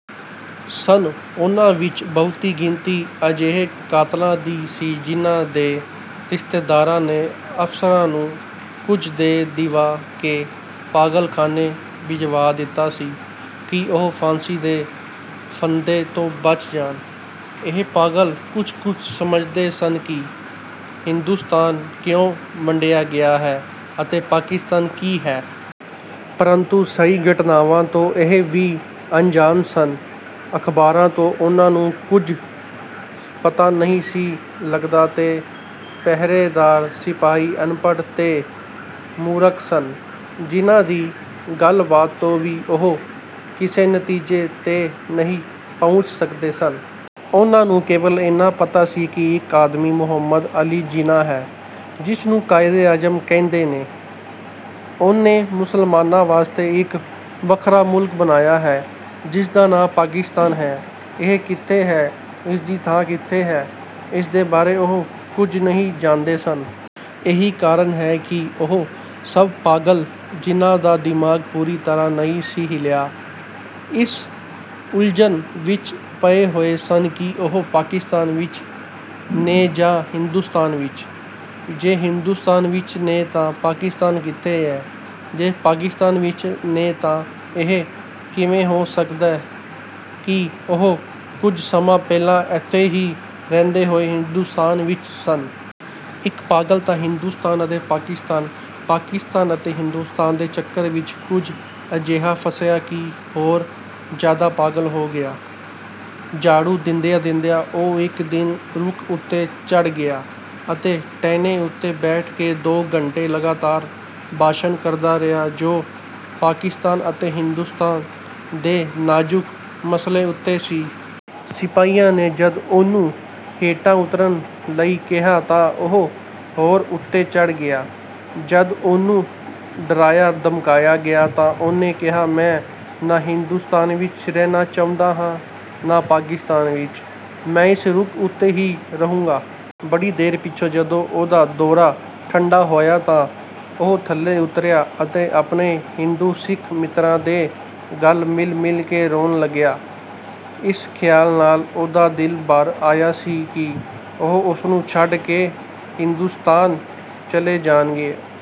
ਸਨ। ਉਨ੍ਹਾਂ ਵਿਚ ਬਹੁਤੀ ਗਿਣਤੀ ਅਜਿਹੇ ਕਾਤਲਾਂ ਦੀ ਸੀ ਜਿਨ੍ਹਾਂ ਦੇ ਰਿਸ਼ਤੇਦਾਰਾਂ ਨੇ ਅਫ਼ਸਰਾਂ ਨੂੰ ਕੁਝ ਦੇ ਦਿਵਾ ਕੇ ਪਾਗਲਖਾਨੇ ਭਿਜਵਾ ਦਿੱਤਾ ਸੀ ਕਿ ਉਹ ਫਾਂਸੀ ਦੇ ਫੰਧੇ ਤੋਂ ਬਚ ਜਾਣ। ਇਹ ਪਾਗਲ ਕੁਝ-ਕੁਝ ਸਮਝਦੇ ਸਨ ਕਿ ਹਿੰਦੁਸਤਾਨ ਕਿਉਂ ਵੰਡਿਆ ਗਿਆ ਹੈ ਅਤੇ ਪਾਕਿਸਤਾਨ ਕੀ ਹੈ। ਪ੍ਰੰਤੂ ਸਹੀ ਘਟਨਾਵਾਂ ਤੋਂ ਇਹ ਵੀ ਅਣਜਾਣ ਸਨ। ਅਖ਼ਬਾਰਾਂ ਤੋਂ ਉਨ੍ਹਾਂ ਨੂੰ ਕੁਝ ਪਤਾ ਨਹੀਂ ਸੀ ਲੱਗਦਾ ਤੇ ਪਹਿਰੇਦਾਰ ਸਿਪਾਹੀ ਅਨਪੜ੍ਹ ਤੇ ਮੂਰਖ ਸਨ ਜਿਨ੍ਹਾਂ ਦੀ ਗੱਲਬਾਤ ਤੋਂ ਵੀ ਉਹ ਕਿਸੇ ਨਤੀਜੇ ਤੇ ਨਹੀਂ ਪਹੁੰਚ ਸਕਦੇ ਸਨ। ਉਨ੍ਹਾਂ ਨੂੰ ਕੇਵਲ ਏਨਾ ਪਤਾ ਸੀ ਕਿ ਇੱਕ ਆਦਮੀ ਮੁਹੰਮਦ ਅਲੀ ਜਿਨਾਹ ਹੈ ਜਿਸਨੂੰ ਕਾਇਦੇ-ਆਜ਼ਮ ਕਹਿੰਦੇ ਨੇ। ਉਹਨੇ ਮੁਸਲਮਾਨਾਂ ਵਾਸਤੇ ਇੱਕ ਵੱਖਰਾ ਮੁਲਕ ਬਣਾਇਆ ਹੈ ਜਿਸਦਾ ਨਾਂ ਪਾਕਿਸਤਾਨ ਹੈ। ਇਹ ਕਿੱਥੇ ਹੈ, ਇਸਦੀ ਥਾਂ ਕਿੱਥੇ ਹੈ, ਇਸਦੇ ਬਾਰੇ ਉਹ ਕੁਝ ਨਹੀਂ ਜਾਣਦੇ ਸਨ। ਇਹੀ ਕਾਰਨ ਹੈ ਕਿ ਉਹ ਸਭ ਪਾਗਲ ਜਿਨ੍ਹਾਂ ਦਾ ਦਿਮਾਗ ਪੂਰੀ ਤਰ੍ਹਾਂ ਨਹੀਂ ਸੀ ਹਿੱਲਿਆ, ਇਸ ਉਲਝਣ ਵਿਚ ਪਏ ਹੋਏ ਸਨ ਕਿ ਉਹ ਪਾਕਿਸਤਾਨ ਵਿਚ ਨੇ ਜਾਂ ਹਿੰਦੁਸਤਾਨ ਵਿਚ। ਜੇ ਹਿੰਦੁਸਤਾਨ ਵਿਚ ਨੇ ਤਾਂ ਪਾਕਿਸਤਾਨ ਕਿੱਥੇ ਐ, ਜੇ ਪਾਕਿਸਤਾਨ ਵਿਚ ਨੇ ਤਾਂ ਇਹ ਕਿਵੇਂ ਹੋ ਸਕਦੈ ਕਿ ਉਹ ਕੁਝ ਸਮਾਂ ਪਹਿਲਾਂ ਇਥੇ ਹੀ ਰਹਿੰਦੇ ਹੋਏ ਹਿੰਦੁਸਤਾਨ ਵਿਚ ਸਨ। ਇਕ ਪਾਗਲ ਤਾਂ ਹਿੰਦੁਸਤਾਨ ਅਤੇ ਪਾਕਿਸਤਾਨ, ਪਾਕਿਸਤਾਨ ਅਤੇ ਹਿੰਦੁਸਤਾਨ ਦੇ ਚੱਕਰ ਵਿਚ ਕੁਝ ਅਜਿਹਾ ਫਸਿਆ ਕਿ ਹੋਰ ਜ਼ਿਆਦਾ ਪਾਗਲ ਹੋ ਗਿਆ। ਝਾੜੂ ਦਿੰਦਿਆਂ-ਦਿੰਦਿਆਂ ਉਹ ਇਕ ਦਿਨ ਰੁੱਖ ਉੱਤੇ ਚੜ੍ਹ ਗਿਆ ਅਤੇ ਟਹਿਣੇ ਉੱਤੇ ਬੈਠ ਕੇ ਦੋ ਘੰਟੇ ਲਗਾਤਾਰ ਭਾਸ਼ਣ ਕਰਦਾ ਰਿਹਾ ਜੋ ਪਾਕਿਸਤਾਨ ਅਤੇ ਹਿੰਦੁਸਤਾਨ ਦੇ ਨਾਜ਼ੁਕ ਮਸਲੇ ਉੱਤੇ ਸੀ। ਸਿਪਾਹੀਆਂ ਨੇ ਜਦ ਉਹਨੂੰ ਹੇਠਾਂ ਉਤਰਨ ਲਈ ਕਿਹਾ ਤਾਂ ਉਹ ਹੋਰ ਉੱਤੇ ਚੜ੍ਹ ਗਿਆ। ਜਦ ਉਹਨੂੰ ਡਰਾਇਆ-ਧਮਕਾਇਆ ਗਿਆ ਤਾਂ ਉਹਨੇ ਕਿਹਾ, "ਮੈਂ ਨਾ ਹਿੰਦੁਸਤਾਨ ਵਿਚ ਰਹਿਣਾ ਚਾਹੁੰਦਾ ਹਾਂ ਨਾ ਪਾਕਿਸਤਾਨ ਵਿਚ। ਮੈਂ ਇਸ ਰੁੱਖ ਉੱਤੇ ਹੀ ਰਹੂੰਗਾ।" ਬੜੀ ਦੇਰ ਪਿਛੋਂ ਜਦੋ ਉਹਦਾ ਦੌਰਾ ਠੰਡਾ ਹੋਇਆ ਤਾਂ ਉਹ ਥੱਲੇ ਉਤਰਿਆ ਅਤੇ ਆਪਣੇ-ਹਿੰਦੂ ਸਿੱਖ ਮਿੱਤਰਾਂ ਦੇ ਗਲ ਮਿਲ-ਮਿਲ ਕੇ ਰੋਣ ਲੱਗਿਆ। ਇਸ ਖ਼ਿਆਲ ਨਾਲ ਉਹਦਾ ਦਿਲ ਭਰ ਆਇਆ ਸੀ ਕਿ ਉਹ ਉਸਨੂੰ ਛੱਡ ਕੇ ਹਿੰਦੁਸਤਾਨ ਚਲੇ ਜਾਣਗੇ।